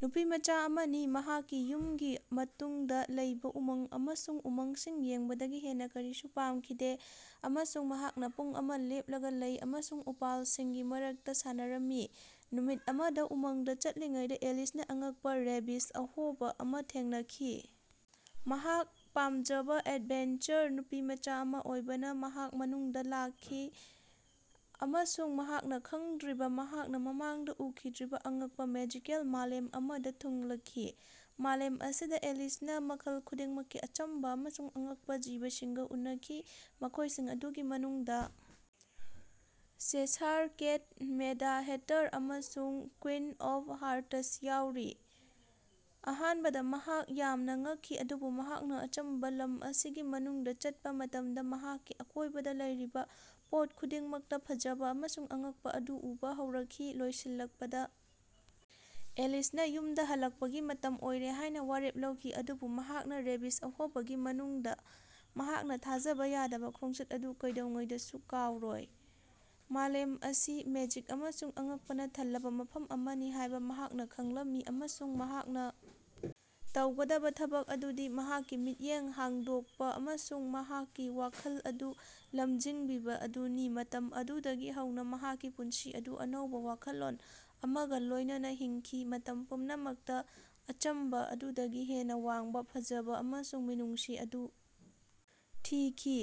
ꯅꯨꯄꯤꯃꯆꯥ ꯑꯃꯅꯤ ꯃꯍꯥꯛꯀꯤ ꯌꯨꯝꯒꯤ ꯃꯇꯨꯡꯗ ꯂꯩꯕꯥ ꯎꯃꯪ ꯑꯃꯁꯨꯡ ꯎꯃꯪꯁꯤꯡ ꯌꯦꯡꯕꯗꯒꯤ ꯍꯦꯟꯅ ꯀꯔꯤꯁꯨ ꯄꯥꯝꯈꯤꯗꯦ ꯑꯃꯁꯨꯡ ꯃꯍꯥꯛꯅ ꯄꯨꯡ ꯀꯌꯥ ꯂꯦꯞꯂꯒ ꯂꯩ ꯑꯃꯁꯨꯡ ꯎꯄꯥꯜꯁꯤꯡꯒꯤ ꯃꯔꯛꯇ ꯁꯥꯟꯅꯔꯝꯃꯤ꯫ ꯅꯨꯃꯤꯠ ꯑꯃꯗ ꯎꯃꯪꯗ ꯆꯠꯂꯤꯉꯩꯗ ꯑꯦꯂꯤꯁꯅ ꯑꯉꯛꯄ ꯔꯦꯕꯤꯖ ꯑꯍꯣꯕ ꯑꯃ ꯊꯦꯡꯅꯈꯤ꯫ ꯃꯍꯥꯛ ꯄꯥꯝꯖꯕ ꯑꯦꯗꯚꯦꯟꯆꯔ ꯅꯨꯄꯤꯃꯆꯥ ꯑꯃ ꯑꯣꯏꯕꯅ ꯃꯍꯥꯛ ꯃꯅꯨꯡꯗ ꯂꯥꯛꯈꯤ ꯑꯃꯁꯨꯡ ꯃꯍꯥꯛꯅ ꯈꯡꯗ꯭ꯔꯤꯕ ꯃꯍꯥꯛꯅ ꯃꯃꯥꯡꯗ ꯎꯈꯤꯗ꯭ꯔꯤꯕ ꯑꯉꯛꯄꯥ ꯃꯦꯖꯤꯀꯦꯜ ꯃꯥꯂꯦꯝ ꯑꯃꯗ ꯊꯨꯡꯂꯈꯤ꯫ ꯃꯥꯂꯦꯝ ꯑꯁꯤꯗ ꯑꯦꯂꯤꯁꯅ ꯃꯈꯜ ꯈꯨꯗꯤꯡꯃꯛꯀꯤ ꯑꯆꯝꯕ ꯑꯃꯁꯨꯡ ꯑꯉꯛꯄ ꯖꯤꯕꯁꯤꯡꯒꯥ ꯎꯅꯈꯤ ꯃꯈꯣꯢꯁꯤꯡ ꯑꯗꯨꯒꯤ ꯃꯅꯨꯡꯗ ꯆꯦꯁꯥꯔ ꯀꯦꯠ, ꯃꯦꯗ ꯍꯦꯇꯔ ꯑꯃꯁꯨꯡ ꯀꯨꯏꯟ ꯑꯣꯐ ꯍꯥꯔꯇꯁ ꯌꯥꯎꯔꯤ꯫ ꯑꯍꯥꯟꯕꯗ ꯃꯍꯥꯛ ꯌꯥꯝꯅ ꯉꯛꯈꯤ ꯑꯗꯨꯕꯨ ꯃꯍꯥꯛꯅ ꯑꯆꯝꯕꯥ ꯂꯝ ꯑꯁꯤꯒꯤ ꯃꯅꯨꯡꯗ ꯆꯠꯄꯥ ꯃꯇꯝꯗ ꯃꯍꯥꯛꯀꯤ ꯑꯀꯣꯢꯕꯗ ꯂꯩꯔꯤꯕ ꯄꯣꯠ ꯈꯨꯗꯤꯡꯃꯛꯇ ꯐꯖꯕ ꯑꯃꯁꯨꯡ ꯑꯉꯛꯄ ꯑꯗꯨ ꯎꯕ ꯍꯧꯔꯛꯈꯤ꯫ ꯂꯣꯏꯁꯤꯜꯂꯛꯄꯗ ꯑꯦꯂꯤꯁꯅ ꯌꯨꯝꯗ ꯍꯜꯂꯛꯄꯒꯤ ꯃꯇꯝ ꯑꯣꯏꯔꯦ ꯍꯥꯢꯅ ꯋꯥꯔꯦꯞ ꯂꯧꯈꯤ ꯑꯗꯨꯕꯨ ꯃꯍꯥꯛꯅ ꯔꯦꯕꯤꯖ ꯑꯍꯣꯕꯒꯤ ꯃꯅꯨꯡꯗ ꯃꯍꯥꯛꯀꯤ ꯊꯥꯖꯕ ꯌꯥꯗꯕ ꯈꯣꯡꯆꯠ ꯑꯗꯨ ꯀꯩꯗꯧꯉꯩꯗꯁꯨ ꯀꯥꯎꯔꯣꯏ꯫ ꯃꯥꯂꯦꯝ ꯑꯁꯤ ꯃꯦꯖꯤꯛ ꯑꯃꯁꯨꯡ ꯑꯉꯛꯄꯅ ꯊꯜꯂꯕ ꯃꯐꯝ ꯑꯃꯅꯤ ꯍꯥꯢꯕ ꯃꯍꯥꯛꯅ ꯈꯡꯂꯝꯏ ꯑꯃꯁꯨꯡ ꯃꯍꯥꯛꯅ ꯇꯧꯒꯗꯕ ꯊꯕꯛ ꯑꯗꯨꯗꯤ ꯃꯍꯥꯛꯀꯤ ꯃꯤꯠꯌꯦꯡ ꯍꯥꯡꯗꯣꯛꯄ ꯑꯃꯁꯨꯡ ꯃꯍꯥꯛꯀꯤ ꯋꯥꯈꯜ ꯑꯗꯨ ꯂꯝꯖꯤꯡꯕꯤꯕ ꯑꯗꯨꯅꯤ꯫ ꯃꯇꯝ ꯑꯗꯨꯗꯒꯤ ꯍꯧꯅ ꯃꯍꯥꯛꯀꯤ ꯄꯨꯟꯁꯤ ꯑꯗꯨ ꯑꯅꯧꯕ ꯋꯥꯈꯜꯂꯣꯟ ꯑꯃꯒ ꯂꯣꯢꯅꯅꯥ ꯍꯤꯡꯈꯤ ꯃꯇꯝ ꯄꯨꯝꯅꯃꯛꯇ ꯑꯆꯝꯕ ꯑꯗꯨꯗꯒꯤ ꯍꯦꯟꯅ ꯋꯥꯡꯕ ꯐꯖꯕ ꯑꯃꯁꯨꯡ ꯃꯤꯅꯨꯡꯁꯤ ꯑꯗꯨ ꯊꯤꯈꯤ꯫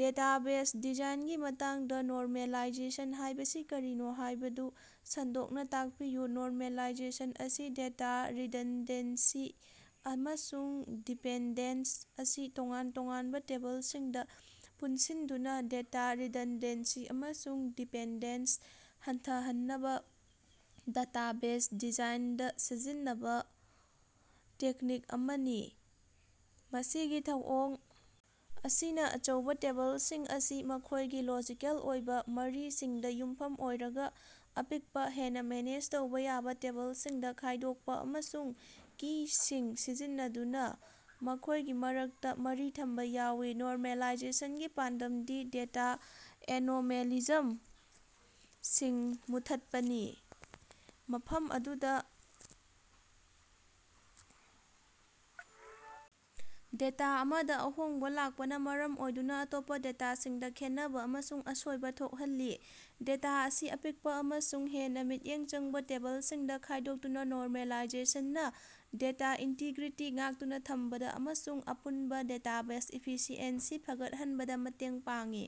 ꯗꯦꯇꯥꯕꯦꯖ ꯗꯤꯖꯥꯏꯟꯒꯤ ꯃꯇꯥꯡꯗ ꯅꯣꯔꯃꯦꯂꯥꯏꯖꯦꯁꯟ ꯍꯥꯢꯕꯁꯤ ꯀꯔꯤꯅꯣ ꯍꯥꯢꯕꯗꯨ ꯁꯟꯗꯣꯛꯅ ꯇꯥꯛꯄꯤꯌꯨ꯫ ꯅꯣꯔꯃꯦꯂꯥꯏꯖꯦꯁꯟ ꯑꯁꯤ ꯗꯦꯇꯥ ꯔꯤꯗꯟꯗꯦꯟꯁꯤ ꯑꯃꯁꯨꯡ ꯗꯤꯄꯦꯟꯗꯦꯟꯁ ꯑꯁꯤ ꯇꯣꯉꯥꯟ ꯇꯣꯉꯥꯟꯕ ꯇꯦꯕꯜꯁꯤꯡꯗ ꯄꯨꯟꯁꯤꯟꯗꯨꯅ ꯗꯦꯇꯥ ꯔꯤꯗꯟꯗꯦꯟꯁꯤ ꯑꯃꯁꯨꯡ ꯗꯤꯄꯦꯟꯗꯦꯟꯁ ꯍꯟꯊꯍꯟꯅꯕ ꯗꯦꯇꯥꯕꯦꯖ ꯗꯤꯖꯥꯏꯟꯗ ꯁꯤꯖꯤꯟꯅꯕ ꯇꯦꯛꯅꯤꯛ ꯑꯃꯅꯤ꯫ ꯃꯁꯤꯒꯤ ꯊꯧꯑꯣꯡ ꯑꯁꯤꯅ ꯑꯆꯧꯕꯥ ꯇꯦꯕꯜꯁꯤꯡ ꯑꯁꯤ ꯃꯈꯣꯢꯒꯤ ꯂꯣꯖꯤꯀꯦꯜ ꯑꯣꯏꯕ ꯃꯔꯤꯁꯤꯡꯗ ꯌꯨꯝꯐꯝ ꯑꯣꯏꯔꯒ ꯑꯄꯤꯛꯄ ꯍꯦꯟꯅ ꯃꯦꯅꯦꯖ ꯇꯧꯕꯥ ꯌꯥꯕ ꯇꯦꯕꯜꯁꯤꯡꯗ ꯈꯥꯢꯗꯣꯛꯄ ꯑꯃꯁꯨꯡ ꯀꯤ ꯁꯤꯡ ꯁꯤꯖꯤꯟꯅꯗꯨꯅ ꯃꯈꯣꯢꯒꯤ ꯃꯔꯛꯇ ꯃꯔꯤ ꯊꯝꯕ ꯌꯥꯎꯏ꯫ ꯅꯣꯔꯃꯦꯂꯥꯏꯖꯦꯁꯟꯒꯤ ꯄꯥꯟꯗꯝꯗꯤ ꯗꯦꯇꯥ ꯑꯦꯅꯣꯃꯦꯂꯤꯖꯝꯁꯤꯡ ꯃꯨꯠꯊꯠꯄꯅꯤ ꯃꯐꯝ ꯑꯗꯨꯗ ꯗꯦꯇꯥ ꯑꯃꯗ ꯑꯍꯣꯡꯕ ꯂꯥꯛꯄꯅ ꯃꯔꯝ ꯑꯣꯏꯗꯨꯅ ꯑꯇꯣꯞꯄ ꯗꯦꯇꯥꯁꯤꯡꯗ ꯈꯦꯠꯅꯕ ꯑꯃꯁꯨꯡ ꯑꯁꯣꯏꯕ ꯊꯣꯛꯍꯜꯂꯤ꯫ ꯗꯦꯇꯥ ꯑꯁꯤ ꯑꯄꯤꯛꯄ ꯑꯃꯁꯨꯡ ꯍꯦꯟꯅ ꯃꯤꯠꯌꯦꯡ ꯆꯪꯕ ꯇꯦꯕꯜꯁꯤꯡꯗ ꯈꯥꯢꯗꯣꯛꯇꯨꯅ ꯅꯣꯔꯃꯦꯂꯥꯏꯖꯦꯁꯟꯅ ꯗꯦꯇꯥ ꯏꯟꯇꯤꯒ꯭ꯔꯤꯇꯤ ꯉꯥꯛꯇꯨꯅ ꯊꯝꯕꯗ ꯑꯃꯁꯨꯡ ꯑꯄꯨꯟꯕ ꯗꯦꯇꯥꯕꯦꯖ ꯏꯐꯤꯁꯤꯑꯦꯟꯁꯤ ꯐꯒꯠꯍꯟꯕꯗ ꯃꯇꯦꯡ ꯄꯥꯡꯏ꯫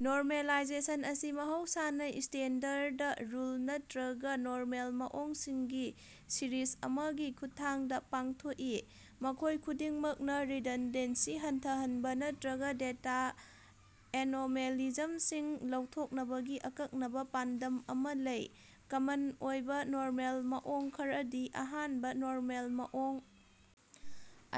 ꯅꯣꯔꯃꯦꯂꯥꯏꯖꯦꯁꯟ ꯑꯁꯤ ꯃꯍꯧꯁꯥꯅ ꯁ꯭ꯇꯦꯟꯗꯔꯗ ꯔꯨꯜ ꯅꯠꯇ꯭ꯔꯒ ꯅꯣꯔꯃꯦꯜ ꯃꯑꯣꯡ ꯁꯤꯡꯒꯤ ꯁꯤꯔꯤꯖ ꯑꯃꯒꯤ ꯈꯨꯠꯊꯥꯡꯗ ꯄꯥꯡꯊꯣꯛꯏ ꯃꯈꯣꯢ ꯈꯨꯗꯤꯡꯃꯛꯅ ꯔꯤꯗꯟꯗꯦꯟꯁꯤ ꯍꯟꯊꯍꯟꯕ ꯅꯠꯇ꯭ꯔꯒ ꯗꯦꯇꯥ ꯑꯦꯅꯣꯃꯦꯂꯤꯖꯝꯁꯤꯡ ꯂꯧꯊꯣꯛꯅꯕꯒꯤ ꯑꯀꯛꯅꯕ ꯄꯥꯟꯗꯝ ꯑꯃꯥ ꯂꯩ꯫ ꯀꯃꯟ ꯑꯣꯏꯕ ꯅꯣꯔꯃꯦꯜ ꯃꯑꯣꯡ ꯈꯔꯗꯤ ꯑꯍꯥꯟꯕ ꯅꯣꯔꯃꯦꯜ ꯃꯑꯣꯡ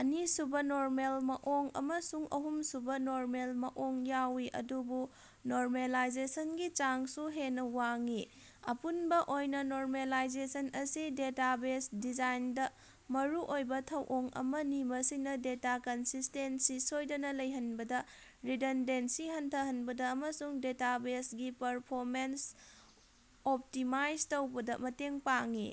ꯑꯅꯤꯁꯨꯕ ꯅꯣꯔꯃꯦꯜ ꯃꯑꯣꯡ ꯑꯃꯁꯨꯡ ꯑꯍꯨꯝꯁꯨꯕ ꯅꯣꯔꯃꯦꯜ ꯃꯑꯣꯡ ꯌꯥꯎꯏ ꯑꯗꯨꯕꯨ ꯅꯣꯔꯃꯦꯂꯥꯏꯖꯦꯁꯟꯒꯤ ꯆꯥꯡꯁꯨ ꯍꯦꯟꯅ ꯋꯥꯡꯏ꯫ ꯑꯄꯨꯟꯕ ꯑꯣꯏꯅ ꯅꯣꯔꯃꯦꯂꯥꯏꯖꯦꯁꯟ ꯑꯁꯤ ꯗꯦꯇꯥꯕꯦꯖ ꯗꯤꯖꯥꯏꯟꯗ ꯃꯔꯨꯑꯣꯏꯕ ꯊꯧꯑꯣꯡ ꯑꯃꯅꯤ ꯃꯁꯤꯅ ꯗꯦꯇꯥ ꯀꯟꯁꯤꯁꯇꯦꯟꯁꯤ ꯁꯣꯢꯗꯅ ꯂꯩꯍꯟꯕꯗ ꯔꯤꯗꯟꯗꯦꯟꯁꯤ ꯍꯟꯊꯍꯟꯕꯗ ꯑꯃꯁꯨꯡ ꯗꯦꯇꯥꯕꯦꯖꯒꯤ ꯄꯔꯐꯣꯃꯦꯟꯁ ꯑꯣꯞꯇꯤꯃꯥꯏꯖ ꯇꯧꯕꯗ ꯃꯇꯦꯡ ꯄꯥꯡꯏ꯫